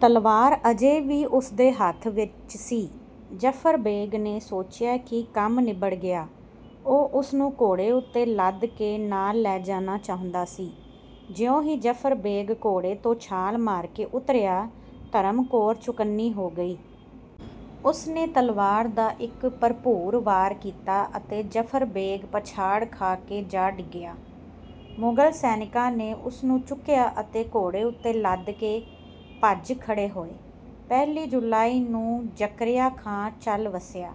ਤਲਵਾਰ ਅਜੇ ਵੀ ਉਸਦੇ ਹੱਥ ਵਿੱਚ ਸੀ। ਜ਼ਫ਼ਰ ਬੇਗ਼ ਨੇ ਸੋਚਿਆ ਕਿ ਕੰਮ ਨਿਬੜ ਗਿਆ। ਉਹ ਉਸਨੂੰ ਘੋੜੇ ਉੱਤੇ ਲੱਦ ਕੇ ਨਾਲ ਲੈ ਜਾਣਾ ਚਾਹੁੰਦਾ ਸੀ। ਜਿਉਂ ਹੀ ਜ਼ਫ਼ਰ ਬੇਗ਼ ਘੋੜੇ ਤੋਂ ਛਾਲ ਮਾਰ ਕੇ ਉਤਰਿਆ, ਧਰਮ ਕੌਰ ਚੁਕੰਨੀ ਹੋ ਗਈ। ਉਸਨੇ ਤਲਵਾਰ ਦਾ ਇੱਕ ਭਰਪੂਰ ਵਾਰ ਕੀਤਾ ਅਤੇ ਜ਼ਫ਼ਰ ਬੇਗ਼ ਪਛਾੜ ਖਾ ਕੇ ਜਾ ਡਿੱਗਿਆ। ਮੁਗਲ ਸੈਨਿਕਾਂ ਨੇ ਉਸਨੂੰ ਚੁੱਕਿਆ ਅਤੇ ਘੋੜੇ ਉੱਤੇ ਲੱਦ ਕੇ ਭੱਜ ਖੜ੍ਹੇ ਹੋਏ। ਪਹਿਲੀ ਜੁਲਾਈ ਨੂੰ ਜ਼ਕਰੀਆ ਖਾਂ ਚੱਲ ਵੱਸਿਆ।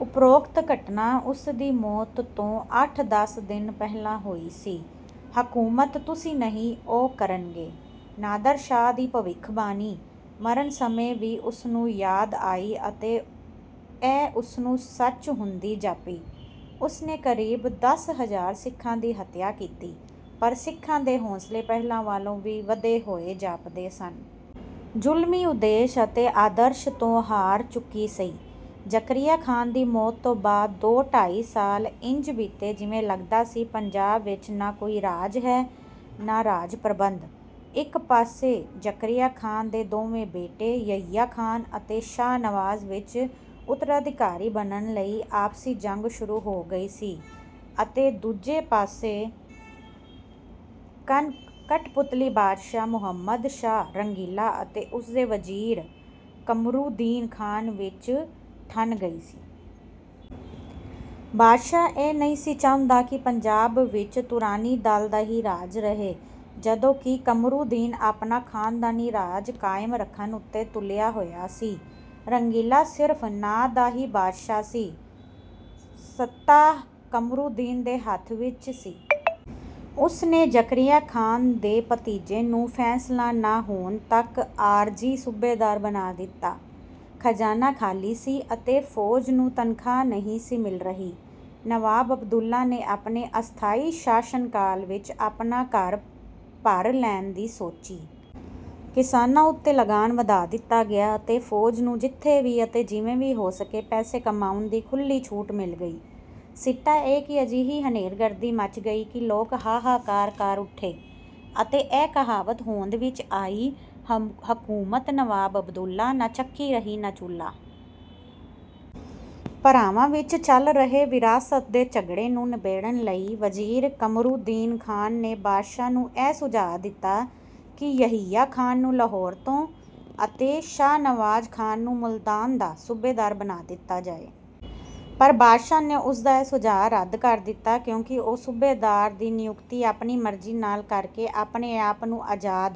ਉਪਰੋਕਤ ਘਟਨਾ ਉਸਦੀ ਮੌਤ ਤੋਂ ਅੱਠ-ਦਸ ਦਿਨ ਪਹਿਲਾਂ ਹੋਈ ਸੀ। "ਹਕੂਮਤ ਤੁਸੀਂ ਨਹੀਂ, ਉਹ ਕਰਨਗੇ।" ਨਾਦਰ ਸ਼ਾਹ ਦੀ ਭਵਿੱਖਬਾਣੀ ਮਰਨ ਸਮੇਂ ਵੀ ਉਸਨੂੰ ਯਾਦ ਆਈ ਅਤੇ ਇਹ ਉਸਨੂੰ ਸੱਚ ਹੁੰਦੀ ਜਾਪੀ। ਉਸਨੇ ਕਰੀਬ ਦਸ ਹਜ਼ਾਰ ਸਿੱਖਾਂ ਦੀ ਹੱਤਿਆ ਕੀਤੀ, ਪਰ ਸਿੱਖਾਂ ਦੇ ਹੌਂਸਲੇ ਪਹਿਲਾਂ ਨਾਲੋਂ ਵੀ ਵਧੇ ਹੋਏ ਜਾਪਦੇ ਸਨ। ਜੁਲਮੀ ਉਦੇਸ਼ ਅਤੇ ਆਦਰਸ਼ ਤੋਂ ਹਾਰ ਚੁੱਕੀ ਸੀ। ਜ਼ਕਰੀਆ ਖਾਂ ਦੀ ਮੌਤ ਤੋਂ ਬਾਅਦ ਦੋ-ਢਾਈ ਸਾਲ ਇੰਜ ਬੀਤੇ ਜਿਵੇਂ ਲੱਗਦਾ ਸੀ ਪੰਜਾਬ ਵਿੱਚ ਨਾ ਕੋਈ ਰਾਜ ਹੈ ਨਾ ਰਾਜ-ਪ੍ਰਬੰਧ। ਇੱਕ ਪਾਸੇ ਜ਼ਕਰੀਆ ਖਾਂ ਦੇ ਦੋਵੇਂ ਬੇਟੇ ਯਹੀਆ ਖਾਂ ਅਤੇ ਸ਼ਾਹ ਨਵਾਜ਼ ਵਿੱਚ ਉੱਤਰਾਧਿਕਾਰੀ ਬਣਨ ਲਈ ਆਪਸੀ ਜੰਗ ਸ਼ੁਰੂ ਹੋ ਗਈ ਸੀ ਅਤੇ ਦੂਜੇ ਪਾਸੇ ਕਠਪੁਤਲੀ ਬਾਦਸ਼ਾਹ ਮੁਹੰਮਦ ਸ਼ਾਹ ਰੰਗੀਲਾ ਅਤੇ ਉਸਦੇ ਵਜ਼ੀਰ ਕਮਰੂਦੀਨ ਖਾਂ ਵਿੱਚ ਠਣ ਗਈ। ਬਾਦਸ਼ਾਹ ਇਹ ਨਹੀਂ ਸੀ ਚਾਹੁੰਦਾ ਕਿ ਪੰਜਾਬ ਵਿੱਚ ਤੁਰਾਨੀ-ਦਲ ਦਾ ਹੀ ਰਾਜ ਰਹੇ, ਜਦੋਂ ਕਿ ਕਮਰੂਦੀਨ ਆਪਣਾ ਖਾਨਦਾਨੀ ਰਾਜ ਕਾਇਮ ਰੱਖਣ ਉੱਤੇ ਤੁਲਿਆ ਹੋਇਆ ਸੀ। ਰੰਗੀਲਾ ਸਿਰਫ਼ ਨਾਂ ਦਾ ਹੀ ਬਾਦਸ਼ਾਹ ਸੀ। ਸੱਤਾ ਕਮਰੂਦੀਨ ਦੇ ਹੱਥ ਵਿੱਚ ਸੀ। ਉਸਨੇ ਜ਼ਕਰੀਆ ਖਾਂ ਦੇ ਭਤੀਜੇ ਨੂੰ ਫੈਸਲਾ ਨਾ ਹੋਣ ਤੱਕ ਆਰਜ਼ੀ ਸੂਬੇਦਾਰ ਬਣਾ ਦਿੱਤਾ। ਖਜ਼ਾਨਾ ਖਾਲੀ ਸੀ ਅਤੇ ਫੌਜ ਨੂੰ ਤਨਖਾਹ ਨਹੀਂ ਸੀ ਮਿਲ ਰਹੀ। ਨਵਾਬ ਅਬਦੁੱਲਾ ਨੇ ਆਪਣੇ ਅਸਥਾਈ ਸ਼ਾਸਨ ਕਾਲ ਵਿੱਚ ਆਪਣਾ ਘਰ ਭਰ ਲੈਣ ਦੀ ਸੋਚੀ। ਕਿਸਾਨਾਂ ਉੱਤੇ ਲਗਾਨ ਵਧਾ ਦਿੱਤਾ ਗਿਆ ਅਤੇ ਫੌਜ ਨੂੰ ਜਿੱਥੋਂ ਵੀ ਅਤੇ ਜਿਵੇਂ ਵੀ ਹੋ ਸਕੇ ਪੈਸੇ ਕਮਾਉਣ ਦੀ ਖੁੱਲ੍ਹੀ ਛੁੱਟੀ ਮਿਲ ਗਈ। ਸਿੱਟਾ ਇਹ ਕਿ ਅਜਿਹੀ ਹਨੇਰਗਰਦੀ ਮੱਚ ਗਈ ਕਿ ਲੋਕ ਹਾਹਾਕਾਰ ਕਰ ਉੱਠੇ ਅਤੇ ਇਹ ਕਹਾਵਤ ਹੋਂਦ ਵਿੱਚ ਆਈ, "ਹਕੂਮਤ ਨਵਾਬ ਅਬਦੁੱਲਾ, ਨਾ ਚੱਕੀ ਰਹੀ ਨਾ ਚੁੱਲ੍ਹਾ।" ਭਰਾਵਾਂ ਵਿੱਚ ਚੱਲ ਰਹੇ ਵਿਰਾਸਤ ਦੇ ਝਗੜੇ ਨੂੰ ਨਿਬੇੜਨ ਲਈ ਵਜ਼ੀਰ ਕਮਰੂਦੀਨ ਖਾਂ ਨੇ ਬਾਦਸ਼ਾਹ ਨੂੰ ਇਹ ਸੁਝਾਅ ਦਿੱਤਾ ਕਿ ਯਹੀਆ ਖਾਂ ਨੂੰ ਲਾਹੌਰ ਤੋ ਅਤੇ ਸ਼ਾਹ ਨਵਾਜ਼ ਖਾਂ ਨੂੰ ਮੁਲਤਾਨ ਦਾ ਸੂਬੇਦਾਰ ਬਣਾ ਦਿੱਤਾ ਜਾਏ। ਪਰ ਬਾਦਸ਼ਾਹ ਨੇ ਉਸਦਾ ਇਹ ਸੁਝਾਅ ਰੱਦ ਕਰ ਦਿੱਤਾ, ਕਿਉਂਕਿ ਉਹ ਸੂਬੇਦਾਰ ਦੀ ਨਿਯੁਕਤੀ ਆਪਣੀ ਮਰਜ਼ੀ ਨਾਲ ਕਰਕੇ ਆਪਣੇ ਆਪ ਨੂੰ ਆਜ਼ਾਦ